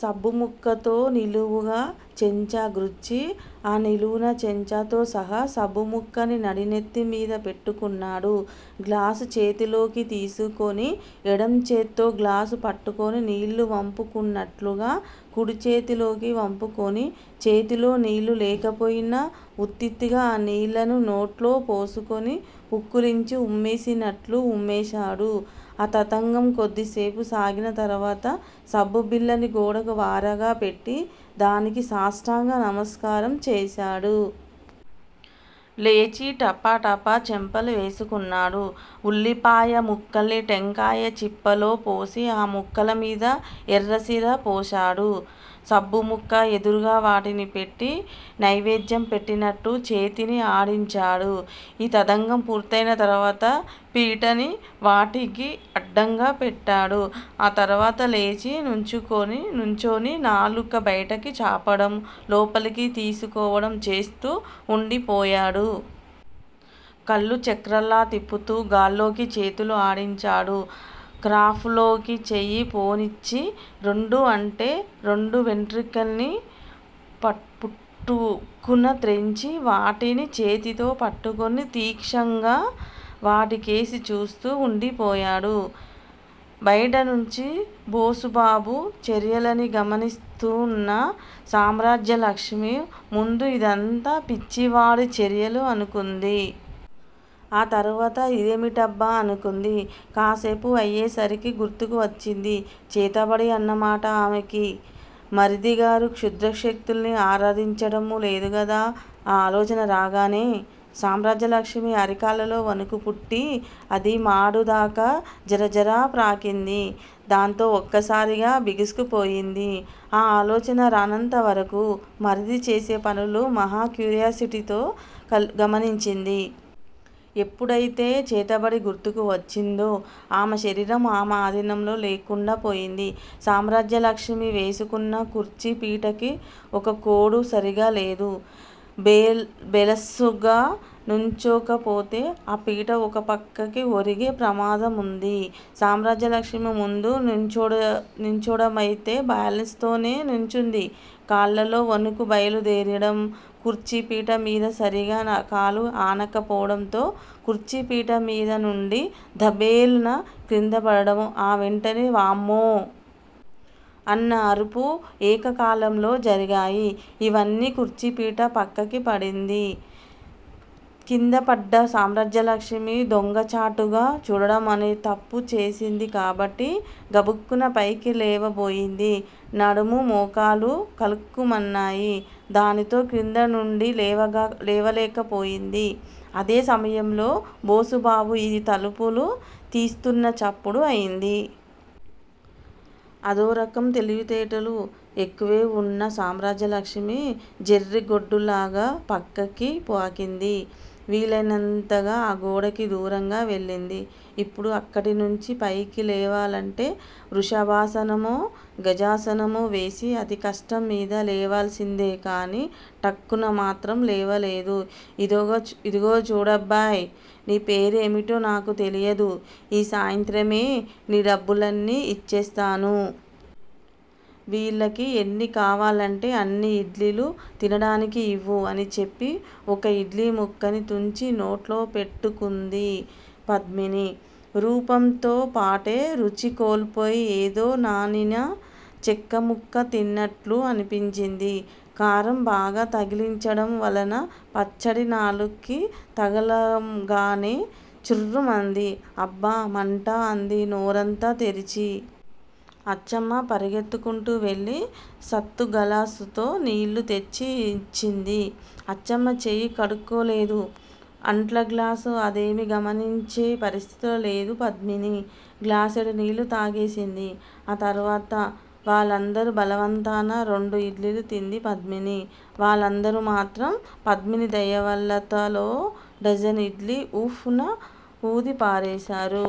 సబ్బుముక్కతో నిలువునా చెంచాగ్రుచ్చి, ఆ నిలువునా చెంచాతో సహా సబ్బు ముక్కని నడినెత్తిమీద పెట్టుకున్నాడు. గ్లాసు చేతిలోకి తీసుకొని ఎడంచేత్తో గ్లాసు పట్టుకుని నీళ్ళు వంపు కుంటున్నట్లుగా కుడిచేతిలోకి వంపుకుని, చేతిలో నీళ్లు లేకపోయినా వుత్తుత్తిగా ఆ నీళ్ళని నోట్లో పోసుకుని పుక్కిలించి ఉమ్మేసినట్లు ఉమ్మేశాడు. ఆ తతంగం కొద్దిసేపు సాగిన తరువాత, సబ్బు బిళ్ళని గోడ వారగా పెట్టి, దానికి సాష్టాంగ నమస్కారం చేశాడు. లేచి టపటపా చెంపలు వేసుకున్నాడు. ఉల్లిపాయ ముక్కల్ని టెంకాయ చిప్పలో పోసి ఆ ముక్కలమీద ఎర్రసిరా పోశాడు. సబ్బు ముక్క ఎదురుగా వాటిని పెట్టి నైవేద్యం పెట్టినట్లు చేతిని ఆడించాడు. ఈ తతంగం పూర్తయిన తరువాత. పీటని వాటికి అడ్డంగా పెట్టాడు. ఆ తరువాత లేచి నుంచొని నాలుక బయటకి చాపటం లోపలికి తీసుకోవటం చేస్తూ వుండిపోయాడు. కళ్ళు చక్రాల్లా తిప్పుతూ గాల్లోకి చేతులు ఆడించాడు. క్రాఫ్ లోకి చెయ్యి పోనిచ్చి రెండు అంటే రెండు వెంట్రుకల్ని పటుక్కున త్రెంచి వాటిని చేతిలో పట్టుకుని తీక్షంగా వాటికేసి చూస్తూ వుండిపోయాడు. బయట నుంచీ బోసుబాబు చర్యలని గమనిస్తూన్న సామ్రాజ్యలక్ష్మి ముందు ఇదంతా పిచ్చివాడి చర్యలు అనుకుంది. ఆ తరువాత ఇదేమిటబ్బా! అనుకుంది. కాసేపు అయ్యేసరికి గుర్తుకు వచ్చింది 'చేతబడి' అన్నమాట ఆమెకి__ మరిదిగారు క్షుద్ర శక్తుల్ని ఆరాధించటం లేదు గదా? ఆ ఆలోచన రాగానే. సామ్రాజ్యలక్ష్మి అరికాళ్ళల్లో వణుకుపుట్టి, అది మాడుదాకా జరజరా ప్రాకింది, దాంతో ఒక్కసారిగా బిగుసుకుపోయింది. ఆ ఆలోచన రానంతవరకూ, మరిది చేసే పనులు మహా క్యూరియాసిటీతో గమనించింది. ఎప్పుడయితే 'చేతబడి' గుర్తుకు వచ్చిందో. ఆమె శరీరం ఆమె ఆధీనంలో లేకుండా పోయింది. సామ్రాజ్యలక్ష్మి వేసుకున్న కుర్చీ పీటకి ఒకకోడు సరీగా లేదు. బేలన్సుగా నుంచోకపోతే ఆ పీట ఒక పక్కకి ఒరిగే ప్రమాదముంది. సామ్రాజ్యలక్ష్మి ముందు నుంచోడమయితే బాలెన్స్ తోనే నుంచుంది. కాళ్ళల్లో వణుకు బయలుదేరటం, కుర్చీపీటమీద సరీగా కాలు ఆనకపోవడంతో, కుర్చీపీటమీద నుండీ 'దభేల్' న క్రిందపడటం ఆ వెంటనే వామ్మో! అన్న అరుపు ఏకకాలంలో జరిగాయి ఇవన్నీ. కుర్చీపీట పక్కకి పడింది. కిందపడ్డ సామ్రాజ్యలక్ష్మి దొంగచాటుగా చూడడం అనే తప్పు చేసింది కాబట్టి గబుక్కున పైకి లేవబోయింది. నడుము మోకాలూ కలుక్కుమన్నాయి. దానితో క్రిందనుండి లేవలేకపోయింది. అదే సమయంలో బోసుబాబు ఇది తలుపులు తీస్తున్న చప్పుడు అయింది. అదోరకం తెలివితేటలు ఎక్కువే వున్న సామ్రాజ్యలక్ష్మి, జెర్రిగొడ్డులాగా పక్కకి పాకింది. వీలైనంతగా ఆ గోడకి దూరంగా వెళ్ళింది. ఇప్పుడు అక్కడినుంచీ పైకిలేవాలంటే వృషభాసనమో, గజాసనమో వేసి అతి కష్టం మీద లేవాల్సిందే కానీ, టక్కున మాత్రం లేవలేదు. ఇదిగో చూడబ్బాయ్! నీపేరేమిటో నాకు తెలియదు. ఈ సాయంత్రమే నీ డబ్బులన్నీ ఇచ్చేస్తాను. వీళ్ళకి ఎన్ని కావాలంటే అన్ని ఇడ్లీలు తినటానికి ఇవ్వు అని చెప్పి ఒక ఇడ్లీముక్కని తుంచి నోట్లో పెట్టుకుంది పద్మిని. రూపంతో పాటే రుచి కోల్పోయి ఏదో నానిన చెక్కముక్క తిన్నట్లు అనిపించింది. కారం బాగా తగిలించటం వలన పచ్చడి నాలుక్కి తగలంగానే చుర్రుమంది. అబ్బా మంట అంది నోరంతా తెరిచి. అచ్చమ్మ పరుగెత్తుకుంటూ వెళ్ళి సత్తుగళాసుతో నీళ్ళు తెచ్చి యిచ్చింది. అచ్చమ్మ చేయి కడుక్కోలేదు. అంట్లగ్లాసు అదేమి గమనించే పరిస్థితిలో లేదు పద్మిని. గ్లాసెడు నీళ్ళు తాగేసింది. ఆ తర్వాత__ వాళ్ళందరి బలవంతాన రెండు ఇడ్లీలు తింది పద్మిని. వాళ్ళందరూ మాత్రం పద్మిని దయవల్ల తలో డజను ఇడ్లీ ఉఫ్ న వూదిపారేశారు.